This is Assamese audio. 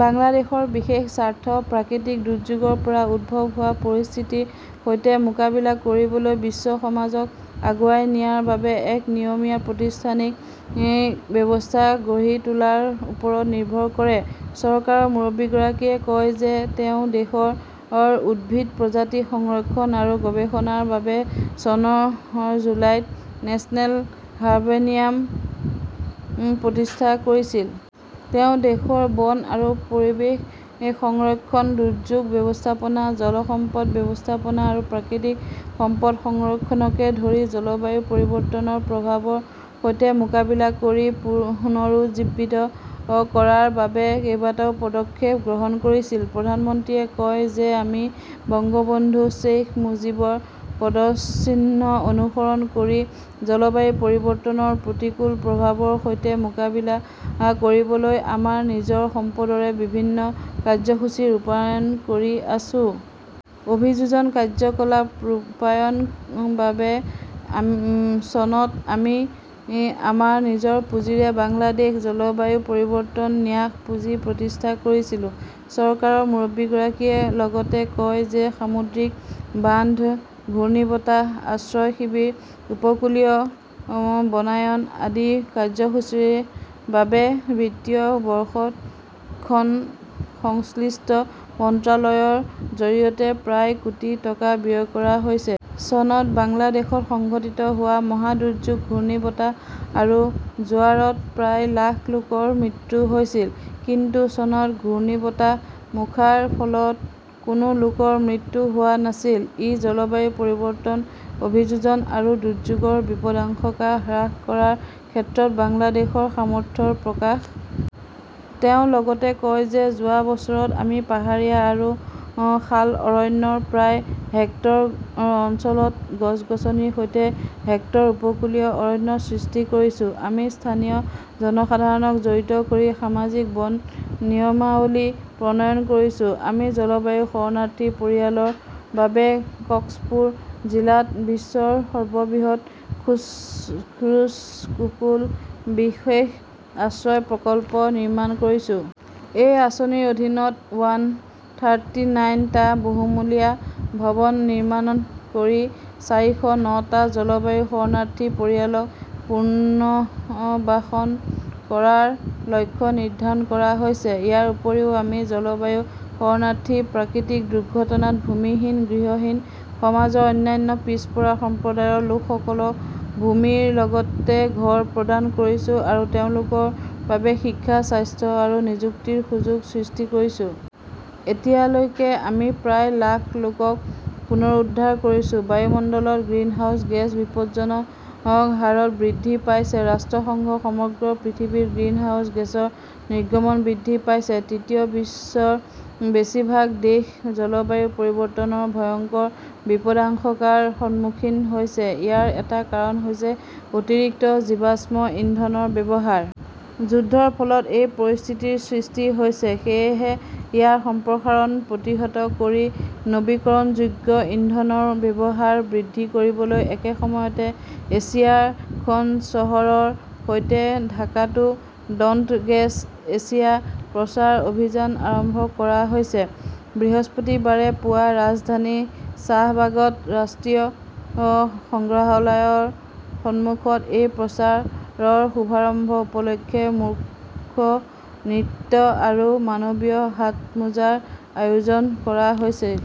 বাংলাদেশৰ বিশেষ স্বাৰ্থ প্ৰাকৃতিক দুৰ্যোগৰ পৰা উদ্ভৱ হোৱা পৰিস্থিতিৰ সৈতে মোকাবিলা কৰিবলৈ বিশ্ব সমাজক আগুৱাই নিয়াৰ বাবে এক নিয়মীয়া প্ৰতিষ্ঠানিক ব্যৱস্থা গঢ়ি তোলাৰ ওপৰত নিৰ্ভৰ কৰে। চৰকাৰৰ মুৰব্বীগৰাকীয়ে কয় যে তেওঁ দেশৰ উদ্ভিদ প্ৰজাতি সংৰক্ষণ আৰু গৱেষণাৰ বাবে চনৰ জুলাইত নেচনেল হাৰ্বেৰিয়াম প্ৰতিষ্ঠা কৰিছিল। তেওঁ দেশৰ বন আৰু পৰিৱেশ সংৰক্ষণ, দুৰ্যোগ ব্যৱস্থাপনা, জল সম্পদ ব্যৱস্থাপনা আৰু প্ৰাকৃতিক সম্পদ সংৰক্ষণকে ধৰি জলবায়ু পৰিৱৰ্তনৰ প্ৰভাৱৰ সৈতে মোকাবিলা কৰি পুনৰুজ্জীৱিত কৰাৰ বাবে কেইবাটাও পদক্ষেপ গ্ৰহণ কৰিছিল। প্ৰধানমন্ত্ৰীয়ে কয় যে আমি বংগবন্ধু শ্বেইখ মুজীবৰ পদচিহ্ন অনুসৰণ কৰি জলবায়ু পৰিৱৰ্তনৰ প্ৰতিকূল প্ৰভাৱৰ সৈতে মোকাবিলা কৰিবলৈ আমাৰ নিজৰ সম্পদৰে বিভিন্ন কাৰ্যসূচী ৰূপায়ণ কৰি আছো। অভিযোজন কাৰ্যকলাপ ৰূপায়ণ বাবে চনত আমি আমাৰ নিজৰ পুঁজিৰে বাংলাদেশ জলবায়ু পৰিৱৰ্তন ন্যাস পুঁজি প্ৰতিষ্ঠা কৰিছিলো। চৰকাৰৰ মুৰব্বীগৰাকীয়ে লগতে কয় যে সামুদ্ৰিক বান্ধ, ঘূৰ্ণীবতাহ আশ্ৰয় শিবিৰ, উপকূলীয় বনায়ন আদি কাৰ্যসূচীৰ বাবে বিত্তীয় বৰ্ষত খন সংশ্লিষ্ট মন্ত্ৰালয়ৰ জৰিয়তে প্ৰায় কোটি টকা ব্যয় কৰা হৈছে। চনত বাংলাদেশত সংঘটিত হোৱা মহা দুৰ্যোগ ঘূৰ্ণীবতাহ আৰু জোৱাৰত প্ৰায় লাখ লোকৰ মৃত্যু হৈছিল। কিন্তু চনত ঘূৰ্ণীবতাহ মোখাৰ ফলত কোনো লোকৰ মৃত্যু হোৱা নাছিল। ই জলবায়ু পৰিৱৰ্তন অভিযোজন আৰু দুৰ্যোগৰ বিপদাশংকা হ্ৰাস কৰাৰ ক্ষেত্ৰত বাংলাদেশৰ সামৰ্থ্যৰ প্ৰকাশ। তেওঁ লগতে কয় যে যোৱা বছৰত আমি পাহাৰীয়া আৰু শাল অৰণ্যৰ প্ৰায় হেক্টৰ অঞ্চলত গছ-গছনিৰ সৈতে হেক্টৰ উপকূলীয় অৰণ্য সৃষ্টি কৰিছো। আমি স্থানীয় জনসাধাৰণক জড়িত কৰি সামাজিক বন নিয়মাৱলী প্ৰণয়ন কৰিছো। আমি জলবায়ু শৰণাৰ্থী পৰিয়ালৰ বাবে কক্সপুৰ জিলাত বিশ্বৰ সৰ্ববৃহৎ 'খুৰুছকুল বিশেষ আশ্ৰয় প্ৰকল্প "নিৰ্মাণ কৰিছো। এই আঁচনিৰ অধীনত ওৱান থাৰ্টি নাইন টা বহুমলীয়া ভৱন নিৰ্মাণ কৰি, চাৰিশ ন টা জলবায়ু শৰণাৰ্থী পৰিয়ালক পুনৰ্বাসন কৰাৰ লক্ষ্য নিৰ্ধাৰণ কৰা হৈছে। ইয়াৰ উপৰিও আমি জলবায়ু শৰণাৰ্থী, প্ৰাকৃতিক দুৰ্ঘটনাত ভূমিহীন, গৃহহীন, সমাজৰ অন্যান্য পিছপৰা সম্প্ৰদায়ৰ লোকসকলক ভূমিৰ লগতে ঘৰ প্ৰদান কৰিছো আৰু তেওঁলোকৰ বাবে শিক্ষা, স্বাস্থ্য আৰু নিযুক্তিৰ সুযোগ সৃষ্টি কৰিছো। এতিয়ালৈকে আমি প্ৰায় লাখ লোকক পুনৰুদ্ধাৰ কৰিছো। বায়ুমণ্ডলত গ্ৰিনহাউজ গেছ বিপদজনক হাৰত বৃদ্ধি পাইছেঃ ৰাষ্ট্ৰসংঘ সমগ্ৰ পৃথিৱীত গ্ৰিনহাউজ গেছৰ নিৰ্গমন বৃদ্ধি পাইছে। তৃতীয় বিশ্বৰ বেছিভাগ দেশ জলবায়ু পৰিৱৰ্তনৰ ভয়ংকৰ বিপদাশংকাৰ সন্মুখীন হৈছে। ইয়াৰ এটা কাৰণ হৈছে অতিৰিক্ত জীৱাশ্ম ইন্ধনৰ ব্যৱহাৰ। যুদ্ধৰ ফলত এই পৰিস্থিতিৰ সৃষ্টি হৈছে। সেয়েহে ইয়াৰ সম্প্ৰসাৰণ প্ৰতিহত কৰি নৱীকৰণযোগ্য ইন্ধনৰ ব্যৱহাৰ বৃদ্ধি কৰিবলৈ একে সময়তে এছিয়াৰ খন চহৰৰ সৈতে ঢাকাতো 'ডন্ট গেছ এছিয়া "প্ৰচাৰ অভিযান আৰম্ভ কৰা হৈছে। বৃহস্পতিবাৰে পুৱা ৰাজধানীৰ শ্বাহবাগত ৰাষ্ট্ৰীয় সংগ্ৰহালয়ৰ সন্মুখত এই প্ৰচাৰৰ শুভাৰম্ভ উপলক্ষে মূৰ্খ নৃত্য আৰু মানৱীয় হাতমোজাৰ আয়োজন কৰা হৈছিল।